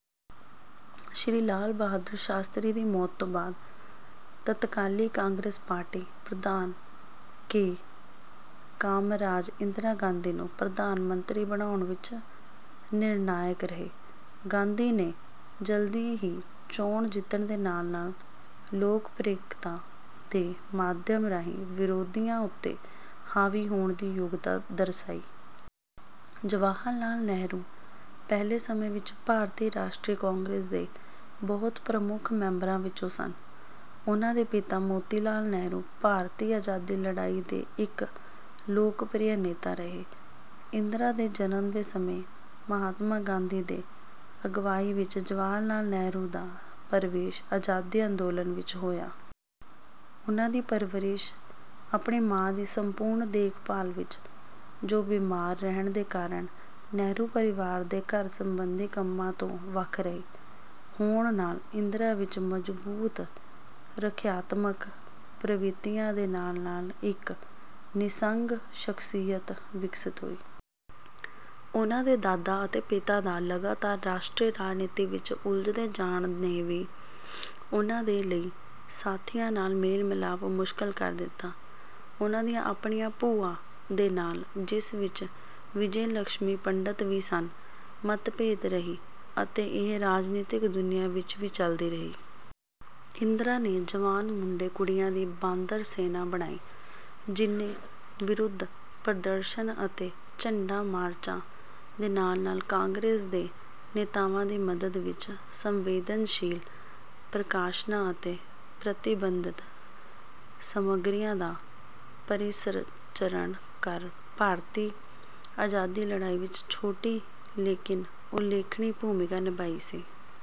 ਸ਼੍ਰੀ ਲਾਲ ਬਹਾਦੁਰ ਸ਼ਾਸਤਰੀ ਦੀ ਮੌਤ ਤੋੋਂ ਬਾਅਦ ਤਤਕਾਲੀ ਕਾਂਗਰਸ ਪਾਰਟੀ ਪ੍ਰਧਾਨ ਕੇ. ਕਾਮਰਾਜ ਇੰਦਰਾ ਗਾਂਧੀ ਨੂੰ ਪ੍ਰਧਾਨ ਮੰਤਰੀ ਬਣਾਉਣ ਵਿੱਚ ਨਿਰਣਾਇਕ ਰਹੇ। ਗਾਂਧੀ ਨੇ ਜਲਦੀ ਹੀ ਚੋਣ ਜਿੱਤਣ ਦੇ ਨਾਲ-ਨਾਲ ਲੋਕਪ੍ਰਿਅਤਾ ਦੇ ਮਾਧਿਅਮ ਰਾਹੀਂ ਵਿਰੋਧੀਆਂ ਉੱਤੇ ਹਾਵੀ ਹੋਣ ਦੀ ਯੋਗਤਾ ਦਰਸਾਈ। ਜਵਾਹਰ ਲਾਲ ਨਹਿਰੂ ਪਹਿਲੇ ਸਮੇਂ ਵਿੱਚ ਭਾਰਤੀ ਰਾਸ਼ਟਰੀ ਕਾਂਗਰਸ ਦੇ ਬਹੁਤ ਪ੍ਰਮੁੱਖ ਮੈਬਰਾਂ ਵਿੱਚੋਂ ਸਨ। ਉਨ੍ਹਾਂ ਦੇ ਪਿਤਾ ਮੋਤੀਲਾਲ ਨਹਿਰੂ ਭਾਰਤੀ ਆਜ਼ਾਦੀ ਲੜਾਈ ਦੇ ਇੱਕ ਲੋਕਪ੍ਰਿਯ ਨੇਤਾ ਰਹੇ। ਇੰਦਰਾ ਦੇ ਜਨਮ ਦੇ ਸਮੇਂ ਮਹਾਤਮਾ ਗਾਂਧੀ ਦੇ ਅਗਵਾਈ ਵਿੱਚ ਜਵਾਹਿਰਲਾਲ ਨਹਿਰੂ ਦਾ ਪਰਵੇਸ਼ ਆਜ਼ਾਦੀ ਅੰਦੋਲਨ ਵਿੱਚ ਹੋਇਆ। ਉਨ੍ਹਾਂ ਦੀ ਪਰਵਰਿਸ਼ ਆਪਣੀ ਮਾਂ ਦੀ ਸੰਪੂਰਣ ਦੇਖਭਾਲ ਵਿੱਚ, ਜੋ ਬੀਮਾਰ ਰਹਿਣ ਦੇ ਕਾਰਨ ਨਹਿਰੂ ਪਰਵਾਰ ਦੇ ਘਰ ਸੰਬੰਧੀ ਕੰਮਾਂ ਤੋਂ ਵੱਖ ਰਹੀ, ਹੋਣ ਨਾਲ ਇੰਦਰਾ ਵਿੱਚ ਮਜਬੂਤ ਰੱਖਿਆਤਮਕ ਪ੍ਰਵਿਰਤੀਆਂ ਦੇ ਨਾਲ ਨਾਲ ਇੱਕ ਨਿਸੰਗ ਸ਼ਖਸੀਅਤ ਵਿਕਸਿਤ ਹੋਈ। ਉਨ੍ਹਾਂ ਦੇ ਦਾਦਾ ਅਤੇ ਪਿਤਾ ਦਾ ਲਗਾਤਾਰ ਰਾਸ਼ਟਰੀ ਰਾਜਨੀਤੀ ਵਿੱਚ ਉਲਝਦੇ ਜਾਣ ਨੇ ਵੀ ਉਨ੍ਹਾਂ ਦੇ ਲਈ ਸਾਥੀਆਂ ਨਾਲ ਮੇਲ-ਮਿਲਾਪ ਮੁਸ਼ਕਲ ਕਰ ਦਿੱਤਾ। ਉਨ੍ਹਾਂ ਦੀ ਆਪਣੀਆਂ ਭੂਆਂ ਦੇ ਨਾਲ ਜਿਸ ਵਿੱਚ ਵਿਜੇਲਕਸ਼ਮੀ ਪੰਡਤ ਵੀ ਸਨ, ਮਤਭੇਦ ਰਹੀ ਅਤੇ ਇਹ ਰਾਜਨੀਤਕ ਦੁਨੀਆ ਵਿੱਚ ਵੀ ਚੱਲਦੀ ਰਹੀ। ਇੰਦਰਾ ਨੇ ਜਵਾਨ ਮੁੰਡੇ-ਕੁੜੀਆਂ ਦੀ ਬਾਂਦਰ ਸੈਨਾ ਬਣਾਈ, ਜਿਨ੍ਹੇ ਵਿਰੋਧ ਪ੍ਰਦਰਸ਼ਨ ਅਤੇ ਝੰਡਾ ਮਾਰਚਾਂ ਦੇ ਨਾਲ ਨਾਲ ਕਾਂਗਰਸ ਦੇ ਨੇਤਾਵਾਂ ਦੀ ਮਦਦ ਵਿੱਚ ਸੰਵੇਦਨਸ਼ੀਲ ਪ੍ਰਕਾਸ਼ਨਾਂ ਅਤੇ ਪ੍ਰਤੀਬੰਧਿਤ ਸਾਮਗਰੀਆਂ ਦਾ ਪਰਿਸੰਚਰਣ ਕਰ ਭਾਰਤੀ ਆਜ਼ਾਦੀ ਲੜਾਈ ਵਿੱਚ ਛੋਟੀ ਲੇਕਿਨ ਉਲੇਖਣੀ ਭੂਮਿਕਾ ਨਿਭਾਈ ਸੀ।